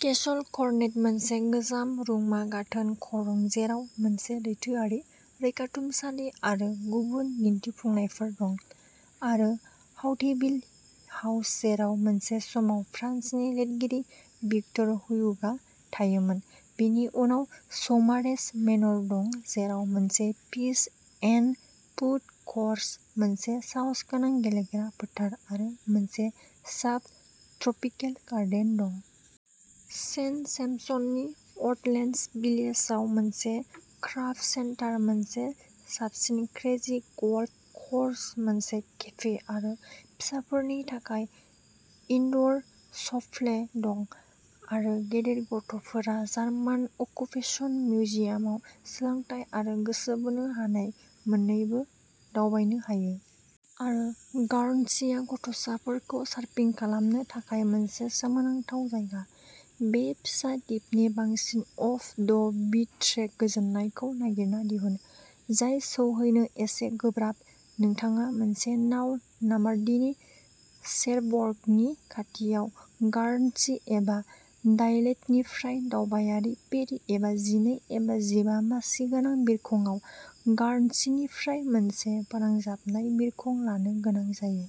Castle करनेट मोनसे गोजाम रुंमा गाथोन खरं जेराव मोनसे लैथोआरि रैखाथुमसालि आरो गुबुन दिन्थिफुंनायफोर दं। आरो हाउटेभिल हाउस जेराव मोनसे समाव फ्रान्सनि लिरगिरि भिक्टर हयुग'आ थायोमोन। बेनि उनाव सौमारेज मेन'र दं। जेराव मोनसे पिच एन्ड पुट क'र्स मोनसे साहसगोनां गेलेग्रा फोथार आरो मोनसे साब ट्रपिकेल गार्डेन दं। सेन्ट सेम्पसननि अटलेन्डस भिलेजआव मोनसे क्राफ्ट सेन्टार मोनसे साबसिन क्रेजि गल्फ क'र्स मोनसे केफे आरो फिसाफोरनि थाखाय इनड'र सफ्टप्ले दं। आरो गेदेर गथ'फोरा जार्मान अकुपेसन मिउजियामाव सोलोंथाइ आरो गोसो बोनो हानाय मोननैबो दावबायनो हायो। आरो गार्नसीआ गथ'साफोरखौ सारफिं खालामनो थाखाय मोनसे सोमोनांथाव जायगा। बे फिसा दिपनि बांसिन अफ द बिट ट्रेक गोजोननायखौ नागिरना दिहुन। जाय सौहैनो एसे गोब्राब नोंथाङा मोनसे नाव नार्मान्डीनि चेरबर्गनि खाथियाव गार्नसी एबा डायलेटनिफ्राय दावबायारि फेरि एबा जिनै एबा जिबा मासि गोनां बिरखंआव गार्नसीनिफ्राय मोनसे फोनांजाबनाय बिरखं लानो गोनां जायो।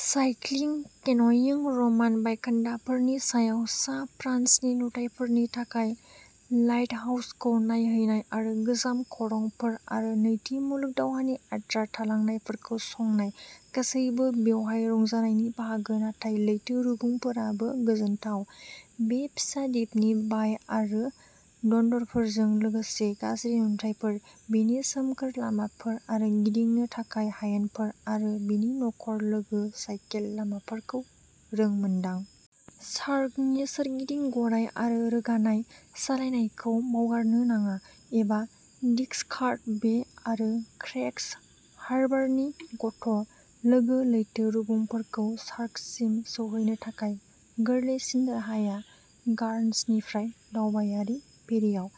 Cycling canoeing. रमान बायखोन्दाफोरनि सायाव सा फ्रान्सनि नुथायफोरनि थाखाय लाइटहाउसखौ नायहैनाय आरो गोजाम खरंफोर आरो नैथि मुलुग दावहानि आद्रा थालांनायफोरखौ संनाय गासैबो बेवहाय रंजानायनि बाहागो नाथाय लैथो रुगुंफोराबो गोजोनथाव। बे फिसा दिपनि बाय आरो दन्दरफोरजों लोगोसे गाज्रि नुथाइफोर बेनि सोमखोर लामाफोर आरो गिदिंनो थाखाय हायेनफोर आरो बेनि नखर लोगो साइकेल लामाफोरखौ रोंमोनदां। सार्कनि सोरगिदिं गराय आरो रोगानाय सालायनायखौ बावगारनो नाङा एबा डिक्सकार्ट बे आरो क्रेक्स हार्बारनि गथ' लोगो लैथो रुगुंफोरखौ। सार्कसिम सौहैनो थाखाय गोरलैसिन राहाया गार्नसिनिफ्राय दावबायारि फेरिआव।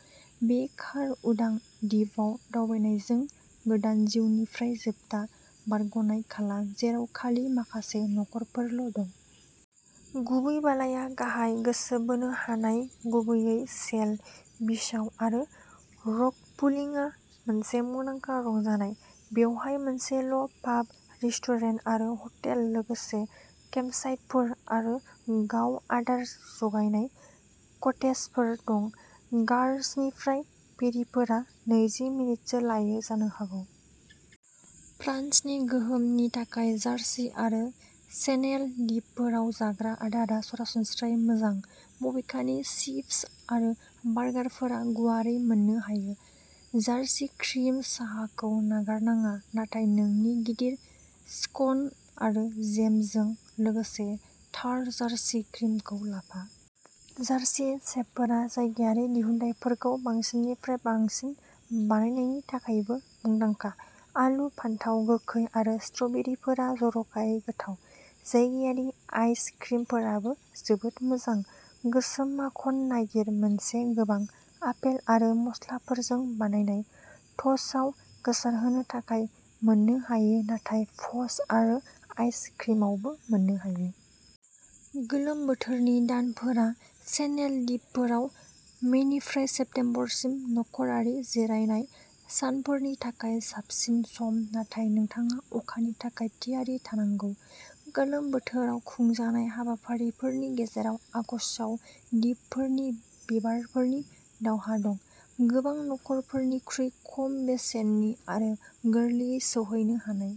बे कार उदां दिपआव दावबायनायजों गोदान जिउनिफ्राय जोबथा बारग'नाय खालाम जेराव खालि माखासे नखरफोरल' दं। गुबै बालाया गाहाय गोसो बोनो हानाय गुबैयै शेल बीचआव आरो रकपुलिंआ मोनसे मुंदांखा रंजानाय। बेवहाय मोनसेल' पाब रेस्टुरेन्ट आरो हटेल लोगोसे केम्पसाइटफोर आरो गाव आदार जगायनाय कटेजफोर दं। गार्नसिनिफ्राय फेरिफोरा नैजि मिनिटसो लायो जानो हागौ। फ्रान्सनि गोहोमनि थाखाय जार्सि आरो चेनेल दिपफोराव जाग्रा आदारा सरासनस्रायै मोजां बबेखानि चिप्स आरो बार्गारफोरा गुवारै मोननो हायो। जार्सि क्रिम साहाखौ नागारनाङा नाथाय नोंनि गिदिर स्कन आरो जेमजों लोगोसे थार जार्सि क्रिमखौ लाफा। जार्सि सेफफोरा जायगायारि दिहुनथायफोरखौ बांसिननिफ्राय बांसिन बानायनायनि थाखायबो मुंदांखा आलु फानथाव गोखै आरो स्ट्रबेरीफोरा जर'खायै गोथाव। जायगायारि आइस क्रिमफोराबो जोबोद मोजां गोसोम माखन नागिर मोनसे गोबां आपेल आरो मस्लाफोरजों बानायनाय ट'स्टआव गोसारहोनो थाखाय मोननो हायो नाथाय फज आरो आइस क्रिमआवबो मोननो हायो। गोलोम बोथोरनि दानफोरा चेनेल दिपफोराव मेनिफ्राय सेप्तेम्बरसिम नखरारि जिरायनाय सानफोरनि थाखाय साबसिन सम नाथाय नोंथाङा अखानि थाखाय थियारि थानांगौ। गोलोम बोथोराव खुंजानाय हाबाफारिफोरनि गेजेराव आगस्तआव दिपफोरनि बिबारफोरनि दावहा दं। गोबां नखरफोरनिख्रुइ खम बेसेननि आरो गोरलैयै सौहैनो हानाय।